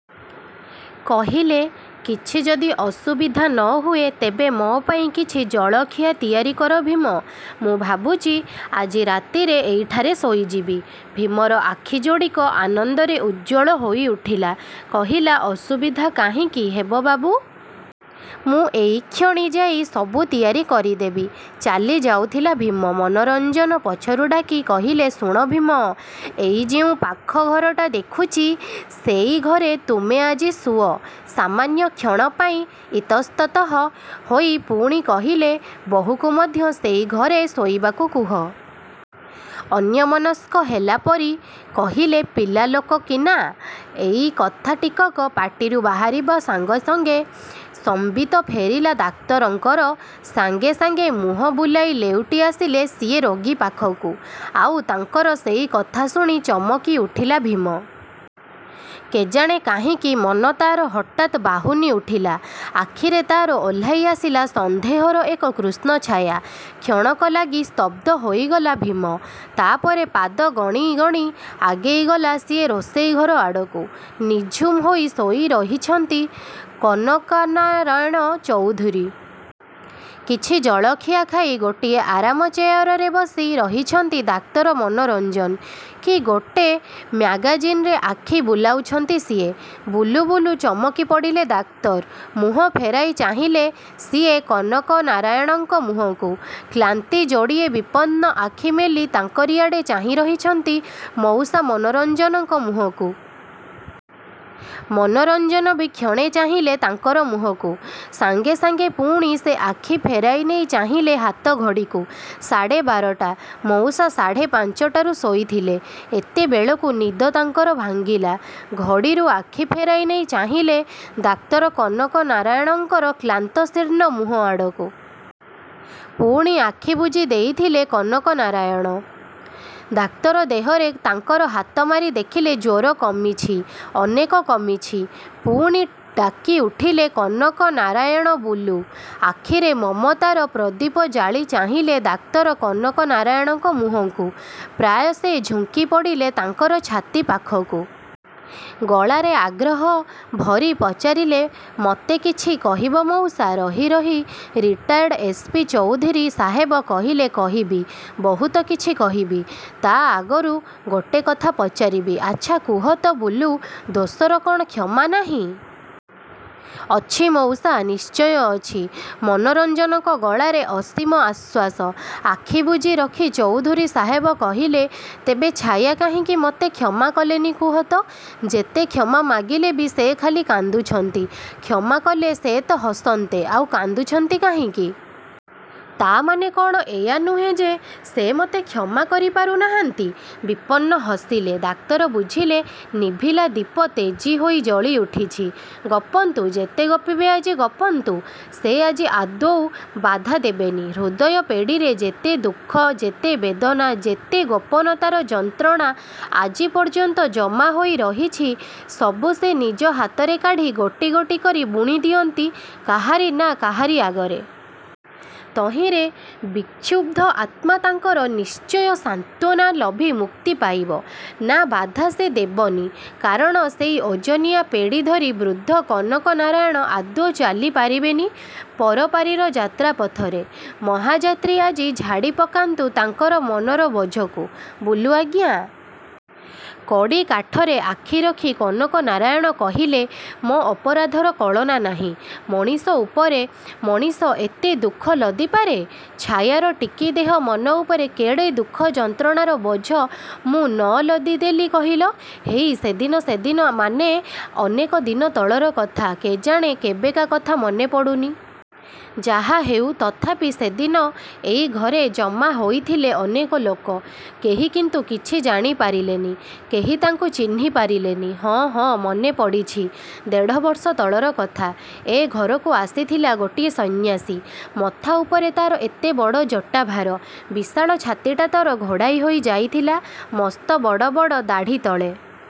କହିଲେ – କିଛି ଯଦି ଅସୁବିଧା ନ ହୁଏ ତେବେ ମୋ ପାଇଁ କିଛି ଜଳଖିଆ ତିଆରି କର ଭୀମ। ମୁଁ ଭାବୁଛି, ଆଜି ରାତିରେ ଏଇଠାରେ ଶୋଇଯିବି। ଭୀମର ଆଖି ଯୋଡ଼ିକ ଆନନ୍ଦରେ ଉଜ୍ଜ୍ୱଳ ହୋଇ ଉଠିଲା। କହିଲା, ଅସୁବିଧା କାହିଁକି ହେବ ବାବୁ। ମୁଁ ଏଇକ୍ଷଣି ଯାଇ ସବୁ ତିଆରି କରିଦେବି। ଚାଲି ଯାଉଥିଲା ଭୀମ, ମନୋରଞ୍ଜନ ପଛରୁ ଡାକି କହିଲେ ଶୁଣ ଭୀମ! ଏଇ ଯେଉଁ ପାଖ ଘରଟା ଦେଖୁଛି, ସେଇ ଘରେ ତୁମେ ଆଜି ଶୁଅ। ସାମାନ୍ୟ କ୍ଷଣ ପାଇଁ ଇତସ୍ତତଃ ହୋଇ ପୁଣି କହିଲେ ବୋହୂକୁ ମଧ୍ୟ ସେଇ ଘରେ ଶୋଇବାକୁ କୁହ। ଅନ୍ୟମନସ୍କ ହେଲା ପରି କହିଲେ ପିଲାଲୋକ କି ନା। ଏଇ କଥା ଟିକକ ପାଟିରୁ ବାହାରିବା ସଙ୍ଗେ ସଙ୍ଗେ ସମ୍ବିତ ଫେରିଲା ଡାକ୍ତରଙ୍କର। ସାଙ୍ଗେ ସାଙ୍ଗେ ମୁହଁ ବୁଲାଇ ଲେଉଟି ଆସିଲେ ସିଏ ରୋଗୀ ପାଖକୁ। ଆଉ ତାଙ୍କର ସେଇ କଥା ଶୁଣି ଚମକି ଉଠିଲା ଭୀମ। କେଜାଣି କାହିଁକି ମନ ତା'ର ହଠାତ୍ ବାହୁନି ଉଠିଲା। ଆଖିରେ ତା'ର ଓହ୍ଲାଇ ଆସିଲା ସନ୍ଦେହର ଏକ କୃଷ୍ଣଛାୟା। କ୍ଷଣକ ଲାଗି ସ୍ତବ୍ଧ ହୋଇଗଲା ଭୀମ। ତା' ପରେ, ପାଦ ଗଣି ଗଣି ଆଗେଇ ଗଲା ସିଏ ରୋଷେଇ ଘର ଆଡ଼କୁ। ନିଝୁମ ହୋଇ ଶୋଇ ରହିଛନ୍ତି କନକନାରାୟଣ ଚୌଧୁରୀ। କିଛି ଜଳଖିଆ ଖାଇ ଗୋଟିଏ ଆରାମ ଚେୟାରରେ ବସି ରହିଛନ୍ତି ଡାକ୍ତର ମନୋରଞ୍ଜନ। କି ଗୋଟେ ମ୍ୟାଗାଜିନ୍‌ରେ ଆଖି ବୁଲାଉଛନ୍ତି ସିଏ। ବୁଲୁ ବୁଲୁ ଚମକି ପଡ଼ିଲେ ଡାକ୍ତର। ମୁହଁ ଫେରାଇ ଚାହିଁଲେ ସିଏ କନକନାରାୟଣଙ୍କ ମୁହଁକୁ। କ୍ଳାନ୍ତି ଯୋଡ଼ିଏ ବିପନ୍ନ ଆଖି ମେଲି ତାଙ୍କରି ଆଡ଼େ ଚାହିଁ ରହିଛନ୍ତି ମଉସା ମନୋରଞ୍ଜନଙ୍କ ମୁହଁକୁ। ମନୋରଞ୍ଜନ ବି କ୍ଷଣେ ଚାହିଁଲେ ତାଙ୍କର ମୁହଁକୁ। ସାଙ୍ଗେ ସାଙ୍ଗେ ପୁଣି ସେ ଆଖି ଫେରାଇ ନେଇ ଚାହିଁଲେ ହାତ ଘଡ଼ିକୁ। ସାଢ଼େ ବାରଟା। ମଉସା ସାଢ଼େ ପାଞ୍ଚଟାରୁ ଶୋଇଥିଲେ। ଏତେବେଳକୁ ନିଦ ତାଙ୍କର ଭାଙ୍ଗିଲା। ଘଡ଼ିରୁ ଆଖି ଫେରାଇ ନେଇ ଚାହିଁଲେ ଡାକ୍ତର କନକନାରାୟଣଙ୍କର କ୍ଳାନ୍ତ ଶୀର୍ଣ୍ଣ ମୁହଁ ଆଡ଼କୁ। ପୁଣି ଆଖି ବୁଜି ଦେଇଥିଲେ କନକନାରାୟଣ। ଡାକ୍ତର ଦେହରେ ତାଙ୍କର ହାତ ମାରି ଦେଖିଲେ ଜ୍ୱର କମିଛି, ଅନେକ କମିଛି। ପୁଣି ଡାକି ଉଠିଲେ କନକନାରାୟଣ ବୁଲୁ। ଆଖିରେ ମମତାର ପ୍ରଦୀପ ଜାଳି ଚାହିଁଲେ ଡାକ୍ତର କନକନାରାୟଣଙ୍କ ମୁହଁକୁ। ପ୍ରାୟ ସେ ଝୁଙ୍କି ପଡ଼ିଲେ ତାଙ୍କର ଛାତି ପାଖକୁ। ଗଳାରେ ଆଗ୍ରହ ଭରି ପଚାରିଲେ ମତେ କିଛି କହିବ ମଉସା? ରହି ରହି ରିଟାୟାର୍ଡ ଏସ୍. ପି. ଚୌଧୁରୀ ସାହେବ କହିଲେ କହିବି, ବହୁତ କିଛି କହିବି। ତା' ଆଗରୁ ଗୋଟେ କଥା ପଚାରିବି। ଆଚ୍ଛା, କୁହ ତ ବୁଲୁ, ଦୋଷର କ'ଣ କ୍ଷମା ନାହିଁ? ଅଛି ମଉସା, ନିଶ୍ଚୟ ଅଛି। ମନୋରଞ୍ଜନଙ୍କ ଗଳାରେ ଅସୀମ ଆଶ୍ୱାସ। ଆଖି ବୁଜି ରଖି ଚୌଧୁରୀ ସାହେବ କହିଲେ ତେବେ ଛାୟା କାହିଁକି ମତେ କ୍ଷମା କଲେନି କୁହ ତ? ଯେତେ କ୍ଷମା ମାଗିଲେ ବି ସେ ଖାଲି କାନ୍ଦୁଛନ୍ତି। କ୍ଷମା କଲେ ସେ ତ ହସନ୍ତେ ଆଉ କାନ୍ଦୁଛନ୍ତି କାହିଁକି? ତା' ମାନେ କ'ଣ ଏଇଆ ନୁହେଁ ଯେ ସେ ମତେ କ୍ଷମା କରି ପାରୁନାହାନ୍ତି। ବିପନ୍ନ ହସିଲେ ଡାକ୍ତର ବୁଝିଲେ ନିଭିଲା ଦୀପ ତେଜି ହୋଇ ଜଳି ଉଠିଛି। ଗପନ୍ତୁ, ଯେତେ ଗପିବେ ଆଜି ଗପନ୍ତୁ। ସେ ଆଜି ଆଦୌ ବାଧା ଦେବେନି। ହୃଦୟ ପେଡ଼ିରେ ଯେତେ ଦୁଃଖ, ଯେତେ ବେଦନା, ଯେତେ ଗୋପନତାର ଯନ୍ତ୍ରଣା ଆଜି ପର୍ଯ୍ୟନ୍ତ ଜମା ହୋଇ ରହିଛି, ସବୁ ସେ ନିଜ ହାତରେ କାଢ଼ି ଗୋଟି ଗୋଟି କରି ବୁଣି ଦିଅନ୍ତି କାହାରି ନା କାହାରି ଆଗରେ। ତହିଁରେ ବିକ୍ଷୁବ୍ଧ ଆତ୍ମା ତାଙ୍କର ନିଶ୍ଚୟ ସାନ୍ତ୍ୱନା ଲଭି ମୁକ୍ତି ପାଇବ। ନା ବାଧା ସେ ଦେବନି। କାରଣ ସେଇ ଓଜନିଆ ପେଡ଼ି ଧରି ବୃଦ୍ଧ କନକନାରାୟଣ ଆଦୌ ଚାଲି ପାରିବେନି ପରପାରିର ଯାତ୍ରାପଥରେ। ମହାଯାତ୍ରୀ ଆଜି ଝାଡ଼ି ପକାନ୍ତୁ ତାଙ୍କର ମନର ବୋଝକୁ। ବୁଲୁ ଆଜ୍ଞା। କଡ଼ି କାଠରେ ଆଖି ରଖି କନକନାରାୟଣ କହିଲେ ମୋ ଅପରାଧର କଳନା ନାହିଁ। ମଣିଷ ଉପରେ ମଣିଷ ଏତେ ଦୁଃଖ ଲଦି ପାରେ? ଛାୟାର ଟିକି ଦେହ ମନ ଉପରେ କେଡ଼େ ଦୁଃଖ ଯନ୍ତ୍ରଣାର ବୋଝ ମୁଁ ନ ଲଦି ଦେଲି କହିଲ। ହେଇ, ସେଦିନ ସେଦିନ ମାନେ ଅନେକ ଦିନ ତଳର କଥା, କେଜାଣି କେବେକା କଥା ମନେ ପଡ଼ୁନି। ଯାହାହେଉ ତଥାପି ସେଦିନ ଏଇ ଘରେ ଜମା ହୋଇଥିଲେ ଅନେକ ଲୋକ। କେହି କିନ୍ତୁ କିଛି ଜାଣି ପାରିଲେନି। କେହି ତାକୁ ଚିହ୍ନି ପାରିଲେନି। ହଁ, ହଁ, ମନେ ପଡ଼ିଛି। ଦେଢ଼ ବର୍ଷ ତଳର କଥା। ଏ ଘରକୁ ଆସିଥିଲା ଗୋଟିଏ ସନ୍ନ୍ୟାସୀ। ମଥା ଉପରେ ତା'ର ଏତେ ବଡ଼ ଜଟା ଭାର, ବିଶାଳ ଛାତିଟା ତା'ର ଘୋଡ଼ାଇ ହୋଇ ଯାଇଥିଲା ମସ୍ତ ବଡ଼ ବଡ଼ ଦାଢ଼ି ତଳେ।